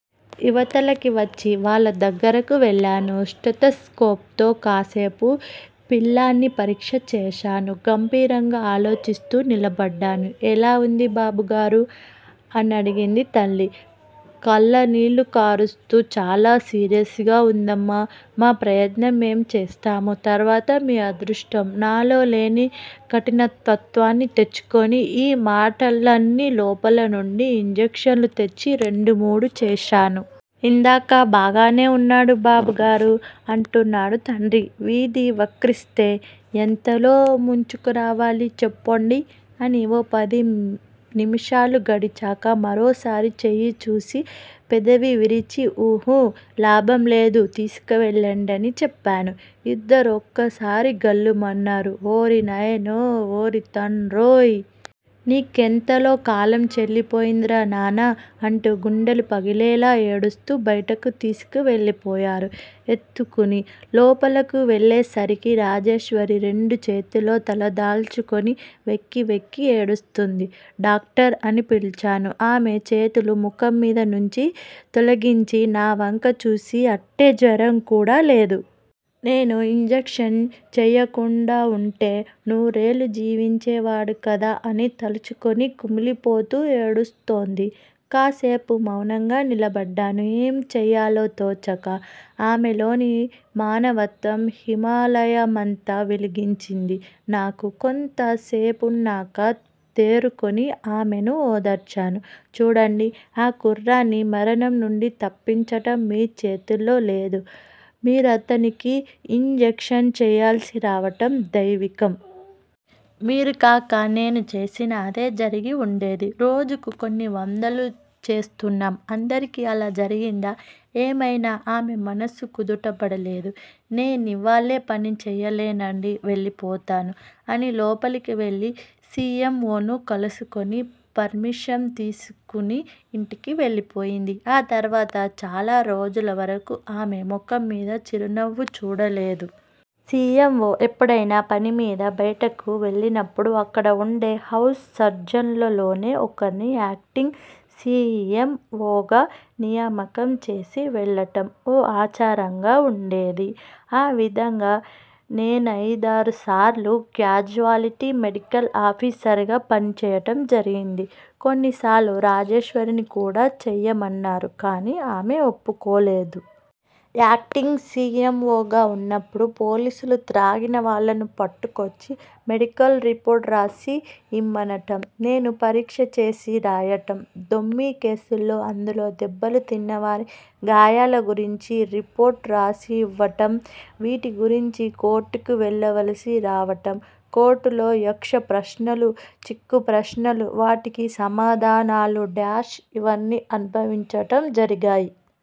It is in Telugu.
ఇవతలకి వచ్చి వాళ్ళ దగ్గరకు వెళ్ళాను. స్టెతస్కోప్ తో కాసేపు పిల్లాణ్ణి పరీక్ష చేశాను. గంభీరంగా ఆలోచిస్తూ నిలబడ్డాను. ఎలా వుంది బాబుగారూ! అనడిగింది తల్లి, కళ్ళనీళ్ళు కారుస్తూ. చాలా సీరియస్ గా ఉందమ్మా! మా ప్రయత్నం మేము చేస్తాము. తర్వాత మీ అదృష్టం నాలో లేని కఠినత్వాన్ని తెచ్చుకొని యీ మాటలని లోపల నుండి యింజక్షన్లు తెచ్చి రెండుమూడు చేశాను. ఇందాకా బాగానే ఉన్నాడు బాబుగారూ! అంటున్నాడు తండ్రి. విధి వక్రిస్తే ఎంతలో ముంచుకురావాలి చెప్పండి అని ఓ పదినిమిషాలు గడిచాక మరోసారి చెయ్యిచూసి పెదవి విరిచి ఉహు, లాభం లేదు తీసుకు వెళ్ళిపోండి అని చెప్పాను. ఇద్దరూ ఒక్కసారి గొల్లుమన్నారు. ఓరి నాయనోయ్! ఓరి తండ్రోయ్! నీ కెంతలో కాలం చెల్లిపోయిందిరా నాన్నా! అంటూ గుండెలు పగిలేలా ఏడుస్తూ బయటకు తీసుకు వెళ్ళిపోయారు, ఎత్తుకుని. లోపలకు వెళ్ళేసరికి రాజేశ్వరి రెండు చేతుల్లో తలదాచుకుని వెక్కివెక్కి ఏడుస్తోంది. డాక్టర్! అని పిలిచాను ఆమె చేతులు ముఖంమీద నుంచి తొలగించి నావంక చూసి అట్టే జ్వరం కూడా లేదు. నేను యింజక్షన్ చేయకుండావుంటే నూరేళ్ళు జీవించే వాడు కదా అని తలుచుకుని కుమిలిపోతూ ఏడుస్తోంది. కాసేపు మౌనంగా నిలబడ్డాను, ఏం చేయాలో తోచక. ఆమెలోని మానవత్వం హిమాలయమంత వెలిగించింది నాకు. కొంతసేపున్నాక తేరుకుని ఆమెను ఓదార్చాను. చూడండి. ఆ కుర్రాణ్ని మరణం నుండి తప్పించటం మీ చేతిలో లేదు మీరతనికి యిన్ జక్షన్ చెయ్యాల్సిరావటం దైవికం. మీరుకాక నేను చేసినా అదే జరిగి వుండేది. రోజుకు కొన్నివందలు చేస్తున్నాం. అందరికీ అలా జరిగిందా? ఏమయినా ఆమె మనస్సు కుదుటబడలేదు. నే నివేళ పని చేయలేనండీ వెళ్ళిపోతాను అని లోపలకువెళ్ళి సి. ఎమ్. ఓ. ను కలుసుకుని, పర్మిషన్ తీసుకుని యింటికి వెళ్ళిపోయింది. ఆ తర్వాత చాలా రోజులవరకూ ఆమె ముఖంమీద చిరునవ్వు చూడలేదు. సి. ఎమ్. ఓ ఎప్పుడైనా పనిమీద బయటకు వెళ్ళినప్పుడు, అక్కడ వుండే హౌస్ సర్జన్లలోనే ఒకర్ని యాక్టింగ్ సి. ఎమ్. ఓ. గా నియామకం చేసి వెళ్ళటం ఓ ఆచారంగా ఉండేది. ఆ విధంగా నేనయిదారుసార్లు క్యాజుయాలిటీ మెడికల్ ఆఫీసర్ గా పనిచేయటం జరిగింది. కొన్నిసార్లు రాజేశ్వరిని కూడా చెయ్యమన్నారు గాని, ఆమె ఒప్పుకోలేదు. Acting C. ఎమ్. ఓ. గా ఉన్నప్పుడు పోలీసులు త్రాగిన వాళ్ళను పట్టుకొచ్చి మెడికల్ రిపోర్ట్ రాసి యిమ్మనటం, నేను పరీక్ష చేసి రాయటం, దొమ్మీ కేసుల్లో అందులో దెబ్బలు తిన్నవారి గాయాలగురించి రిపోర్టు రాసివ్వటం వీటిగురించి కోర్టుకు వెళ్ళవలసి రావటం, కోర్టులో యక్షప్రశ్నలు, చిక్కుప్రశ్నలు, వాటికి సమాధానాలూ _ ఇవన్నీ అనుభవించటం జరిగాయి.